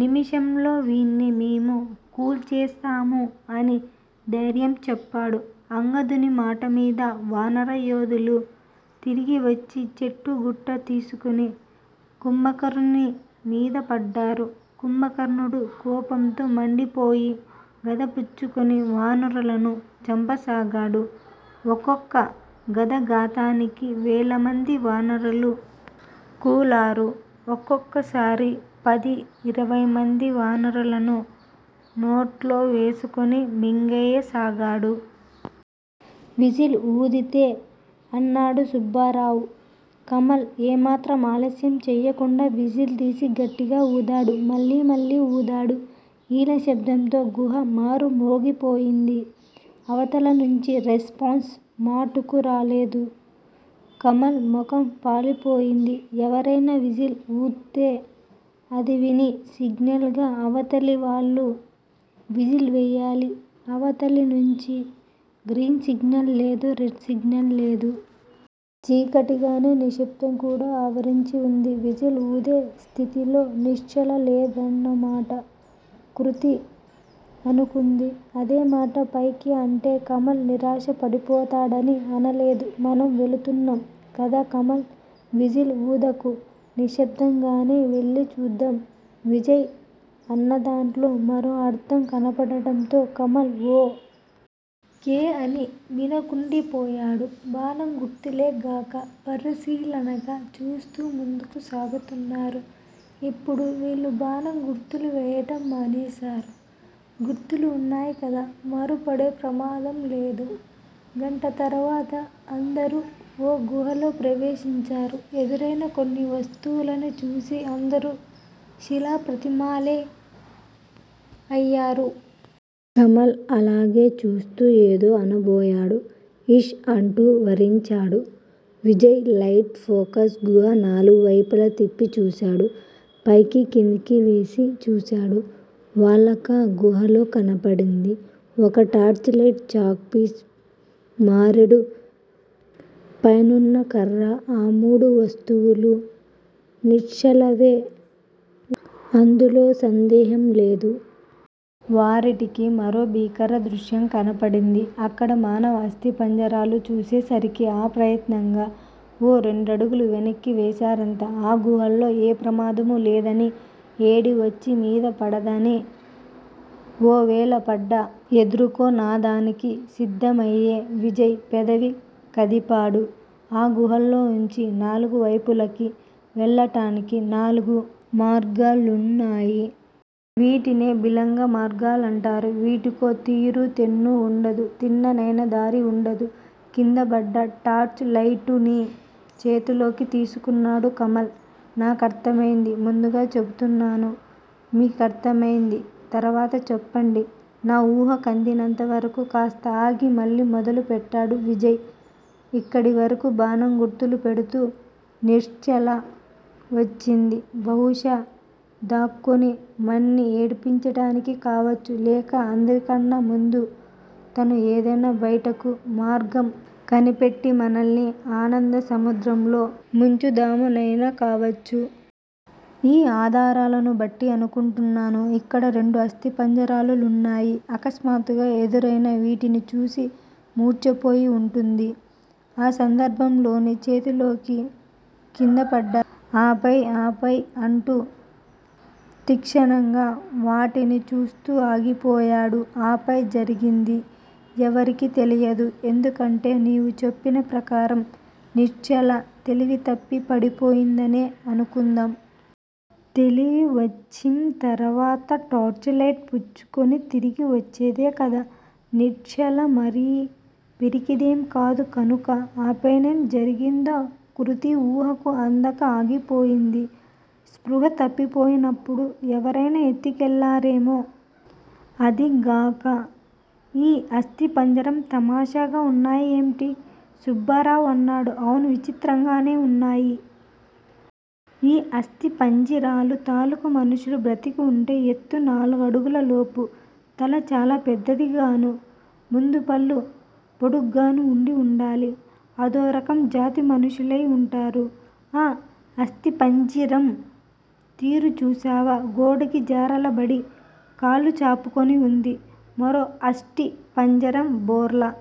నిమిషంలో వీణ్ని మేము కూల్చేస్తాము అని ధైర్యం చెప్పాడు. అంగదుని మాటలమీద వానరయోధులు తిరిగివచ్చి చెట్లూ గుట్టా తీసుకొని కుంభకర్ణుని మీద పడ్డారు. కుంభకర్ణుడు కోపంతో మండిపోయి గదపుచ్చుకొని వానరుల్ను చంపసాగాడు. ఒక్కొక్క గదఘాతానికి వేలమంది వానరులు కూలారు. ఒక్కొక్కసారి పది, ఇరవైమంది వానరుల్ను నోట్లో వేసుకుని మింగెయ్య సాగాడు. విజిల్ ఊదితే అన్నాడు సుబ్బారావు. కమల్ ఏ మాత్రం ఆలస్యం చేయకుండా విజిల్ తీసి గట్టిగా వూదాడు మళ్ళీ మళ్ళీ వూదాడు. ఈల శబ్దంతో గుహా మారు మోగిపోయింది. అవతలనుంచి రెస్పాన్స్ మాటుకు రాలేదు. కమల్ ముఖం పాలిపోయింది. ఎవరైనా విజిల్ వూత్తే అదివిని సిగ్నల్ గా అవతలి వాళ్ళు విజిల్ వేయాలి అవతలి నుంచి గ్రీన్ సిగ్నల్ లేదు రెడ్ సిగ్నల్ లేదు. చీకటికాగానే నిశ్శబ్దం కూడా ఆవరించి వుంది. విజిల్ ఊదే స్థితిలో నిశ్చలలేదన్నమాట కృతి అనుకుంది. అదేమాట పైకి అంటే కమల్ నిరాశపడిపోతాడని అనలేదు మనం వెళుతున్నాం కదా కమల్! విజిల్ ఊదకు నిశ్శబ్దం గానే వెళ్ళి చూద్దాం విజయ్ అనదాంట్లో మరో అర్ధం కనబడటంతో కమల్ ఓ. కే. అని మినకుండిపోయాడు. బాణం గుర్తులెగాక పరిశీలనగా చూస్తూ ముందుకు సాగుతున్నారు. ఇప్పుడు వీళ్ళు బాణం గుర్తులు వేయటం మానేశారు గుర్తులు వున్నాయికదా మారుపడే ప్రమాదం లేదు. గంట తర్వాత. అందరూ ఓ గుహలో ప్రవేశించారు. ఎదురైన కొన్ని వస్తువుల్ని చూసి అందరూ శిలాప్రతిమలే అయ్యారు. కమల్ అలాగే చూస్తూ ఏదో అనబోయాడు ఇష్ అంటూ వరించాడు విజయ్. లైట్ ఫోకస్ గుహా నలువైపులా తిప్పి చూశాడు. పైకి కిందికి వేసి చూశాడు. వాళ్ళకా గుహలో కనబడింది. ఒక టార్చిలైటు, చాక్ పీసు మారెడు పైనున్నకర్ర, ఆమూడు వస్తువులూ నిశ్చలవే అందులో సందేహం లేదు. వారిటికి మరో భీకర దృశ్యం కనబడింది. అక్కడ మానవ ఆస్తి పంజిరాలు చూసేసరికి ఆ ప్రయత్నంగా ఓ రెండడుగులు వెనక్కీ వేశారంతా. ఆ గుహలో ఏ ప్రమాదమూ లేదని. ఏడీవచ్చి మీద పడదని ఓవేళ పడ్డా ఎదుర్కోనాదానికి సిద్దమయ్యే విజయ్ పెదవి కదిపాడు. ఆ గుహలోంచి నాలుగువైపులకీ వెళ్ళటానికి నాలుగు మార్గాలున్నాయి. వీటినే బిలగమార్గలంటారు. వీటికో తీరూ తెన్నూ ఉండదు. తిన్ననైనా దారీ వుండదు. కిందపడ్డ టార్చ్ లైటు ని చేతిలోకి తీసుకున్నాడు కమల్. నా కర్దమైంది ముందుగా చెబుతాను. మీ కర్దమైంది తర్వాత చెప్పండి. నా ఊహాకందినంతవరకూ కాస్త ఆగి మళ్ళీ మొదలు పెట్టాడు విజయ్. ఇక్కడివరకూ బాణం గుర్తులు పెడుతూ నిశ్చల వచ్చింది బహుశా దాక్కుని మన్ని ఏడిపించటానికి కావచ్చు లేక అందరికన్నా ముందు తాను ఏదైనా బయటకు మార్గం కనిపెట్టిమనల్ని ఆనందసముద్రంలో ముంచుదామనైనా కావచ్చు. ఈ ఆధారాలనుబట్టి అనుకుంటున్నాను. ఇక్కడ రెండు అస్థిపంజరాలున్నాయి. అకస్మాత్తుగా ఎదురైనా వీటిని చూసి మూర్చపోయి వుంటుంది. ఆ సందర్భం లోని చేతిలోకి కిందపడ్డా ఆపై ఆపై అంటూ తీక్షణంగా వాటిని చూస్తూ ఆగిపోయాడు. ఆపై జరిగింది ఎవరికీ తెలియదు. ఎందుకంటే నీవు చెప్పిన ప్రకారం నిశ్చల తెలివితప్పి పడిపోయిందనే అనుకుందాం. తెలివి వచ్చింతర్వాత టార్చ్ లైటు పుచ్చుకుని తిరిగి వచ్చేదేకదా! నిశ్చల మరీ పిరికిదేంకాదు కనుక! అపైనేం జరిగిందో కృతి ఊహకు అందక ఆగిపోయింది. స్పృహా తప్పిపోయినప్పుడు ఎవరైనా ఎత్తి కెళ్ళారేమో! అదీ గాక ఈ అస్థిపంజరం తామషాగా వున్నాయేమిటి? సుబ్బారావు అన్నాడు. అవును విచిత్రంగానే వున్నాయి. ఈ అస్థిపంజిరాలు తాలూకు మనుషులు బతికివుంటే ఎత్తు నాలుగు అడుగల లోపు. తల చాలా పెద్దదిగాను. ముందుపళ్ళు పోడుగ్గాను వుండి వుండాలి అదోరకం జాతి మనుషులై వుంటారు. ఆ అస్థిపంజిరం తీరు చూశావా? గోడకి జార్లబడి కాళ్ళు జాపుకుని వుంది. మరో అస్టిపంజరం బోర్లా